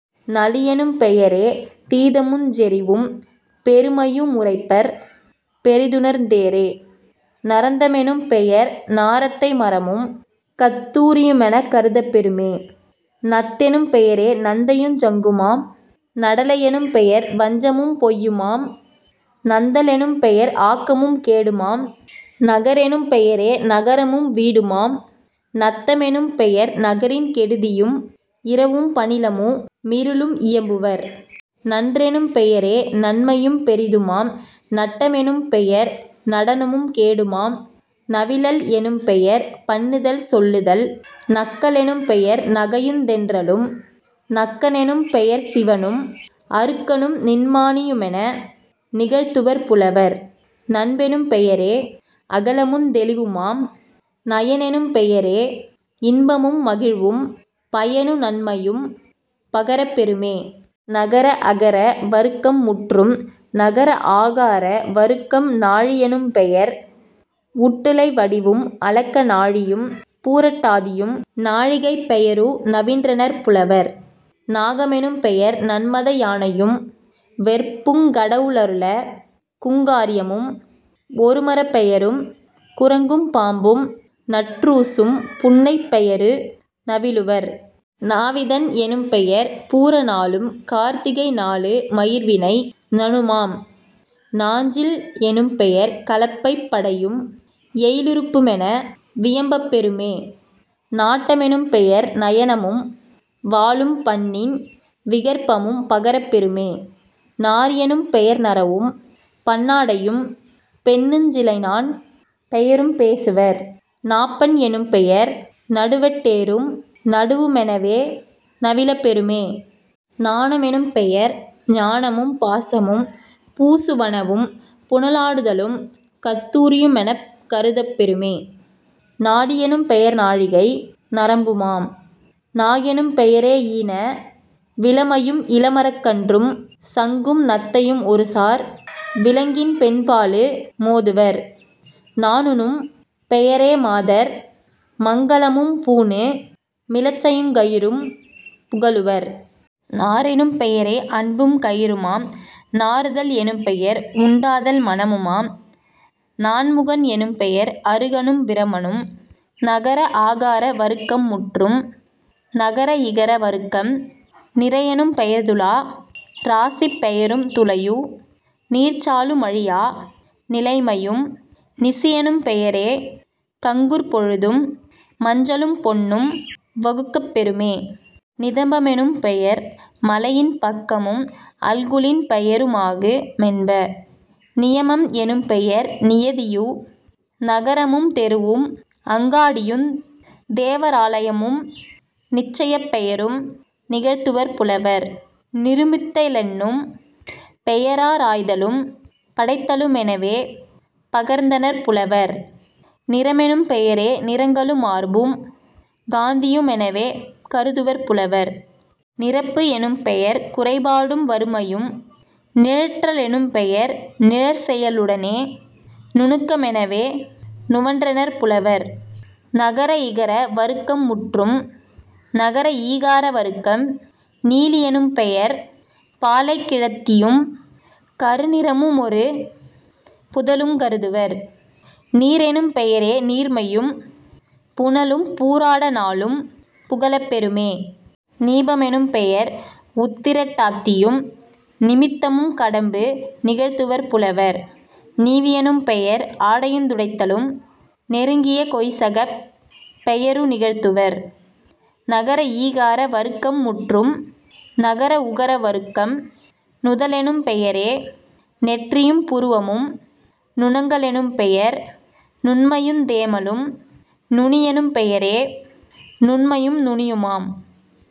நளியெனும் பெயரே தீதமுஞ் செறிவும் பெருமையு முரைப்பர் பெரிது ணர்ந்தேரே..... நரந்த மெனும்பெயர் நாரத்தை மரமும் கத்தூ ரியுமெனக் கருதப் பெறுமே..... நத்தெனும் பெயரே நத்தையுஞ் சங்குமாம்..... நடலை யெனும்பெயர் வஞ்சமும் பொய்யுமாம்..... நந்த லெனும்பெயர் ஆக்கமும் கேடுமாம்..... நகரெனும் பெயரே நகரமும் வீடுமாம்..... நத்த மெனும்பெயர் நகரின் கெடுதியும் இரவும் பணிலமு மிருளும் இயம்புவர்..... நன்றெனும் பெயரே நன்மையும் பெரிதுமாம்..... நட்ட மெனும்பெயர் நடனமும் கேடுமாம்..... நவிலல் எனும்பெயர் பண்ணுதல் சொல்லுதல்..... நக்க லெனும்பெயர் நகையுந் தின்றலும்..... நக்க னெனும்பெயர் சிவனும் அருக்கனும் நின்மா ணியுமென நிகழ்த்துவர் புலவர்..... நன்பெனும் பெயரே அகலமுந் தெளிவுமாம்..... நயனெனும் பெயரே இன்பமும் மகிழ்வும் பயனு நன்மையும் பகரப் பெறுமே..... நகர அகர வருக்கம் முற்றும். நகர ஆகார வருக்கம் நாழி யெனும்பெயர் உட்டுளை வடிவும் அளக்கு நாழியும் பூரட் டாதியும் நாழிகைப் பெயரு நவின்றனர் புலவர்..... நாக மெனும்பெயர் நன்மத யானையும் வெற்புங் கடவுள ருலகுங் காரியமும் ஒருமரப் பெயரும் குரங்கும் பாம்பும் நற்றூசும் புன்னைப் பெயரு நவிலுவர்..... நாவிதன் எனும்பெயர் பூர நாளும் கார்த்திகை நாளு மயிர்வினை ஞனுமாம்..... நாஞ்சில் எனும்பெயர் கலப்பைப் படையும் எயிலு றுப்புமென வியம்பப் பெறுமே..... நாட்ட மெனும்பெயர் நயனமும் வாளும் பண்ணின் விகற்பமும் பகரப் பெறுமே..... நாரி யெனும்பெயர் நறவும் பன்னாடையும் பெண்ணுஞ் சிலைநாண் பெயரும் பேசுவர்..... நாப்பண் எனும்பெயர் நடுவட் டேரும் நடுவு மெனவே நவிலப் பெறுமே..... நான மெனும்பெயர் ஞானமும் பாசமும் பூசு வனவும் புனலா டுதலும் கத்தூ ரியுமெனக் கருதப் பெறுமே..... நாடி யெனும்பெயர் நாழிகை நரம்புமாம்..... நாகெனும் பெயரே யீனா விளமையும் இளமரக் கன்றும் சங்கும் நத்தையும் ஒருசார் விலங்கின் பெண்பாலு மோதுவர்..... நாணுனும் பெயரே மாதர் மங்கலமும் பூணு மிலச்சையுங் கயிறும் புகலுவர்..... நாரெனும் பெயரே அன்பும் கயிறுமாம்..... நாறுதல் எனும்பெயர் உண்டாதல் மணமுமாம்..... நான்முகன் எனும்பெயர் அருகனும் பிரமனும்..... நகர ஆகார வருக்கம் முற்றும். நகர இகர வருக்கம் நிறையெனும் பெயர்துலா ராசிப் பெயரும் துலையு நீர்ச்சாலு மழியா நிலைமையும்..... நிசியெனும் பெயரே கங்குற் பொழுதும் மஞ்சளும் பொன்னும் வகுக்கப் பெறுமே..... நிதம்ப மெனும்பெயர் மலையின் பக்கமும் அல்குலின் பெயரு மாகு மென்ப..... நியமம் எனும்பெயர் நியதியு நகரமும் தெருவும் அங்காடியுந் தேவரா லையமும் நிச்சயப் பெயரும் நிகழ்த்துவர் புலவர்.....। நிருமித்த லென்னும் பெயரா ராய்தலும் படைத்தலு மெனவே பகர்ந்தனர் புலவர்..... நிறமெனும் பெயரே நிறங்களு மார்பும் காந்தியு மெனவே கருதுவர் புலவர்..... நிரப்பு எனும்பெயர் குறைபாடும் வறுமையும்..... நிழற்ற லெனும்பெயர் நிழற்செய லுடனே நுணுக்க மெனவே நுவன்றனர் புலவர்..... நகர இகர வருக்கம் முற்றும். நகர ஈகார வருக்கம் நீலி யெனும்பெயர் பாலைக் கிழத்தியும் கருநிற முமொரு புதலுங் கருதுவர்..... நீரெனும் பெயரே நீர்மையும் புனலும் பூராட நாளும் புகலப் பெறுமே..... நீப மெனும்பெயர் உத்திரட் டாத்யும் நிமித்தமும் கடம்பு நிகழ்த்துவர் புலவர்..... நீவி யெனும்பெயர் ஆடையுந் துடைத்தலும் நெருங்கிய கொய்சகப் பெயரு நிகழ்த்துவர்..... நகர ஈகார வருக்கம் முற்றும். நகர உகர வருக்கம் நுதலெனும் பெயரே நெற்றியும் புருவமும்..... நுணங்க லெனும்பெயர் நுண்மையுந் தேமலும்..... நுனியெனும் பெயரே நுண்மையும் நுனியுமாம்.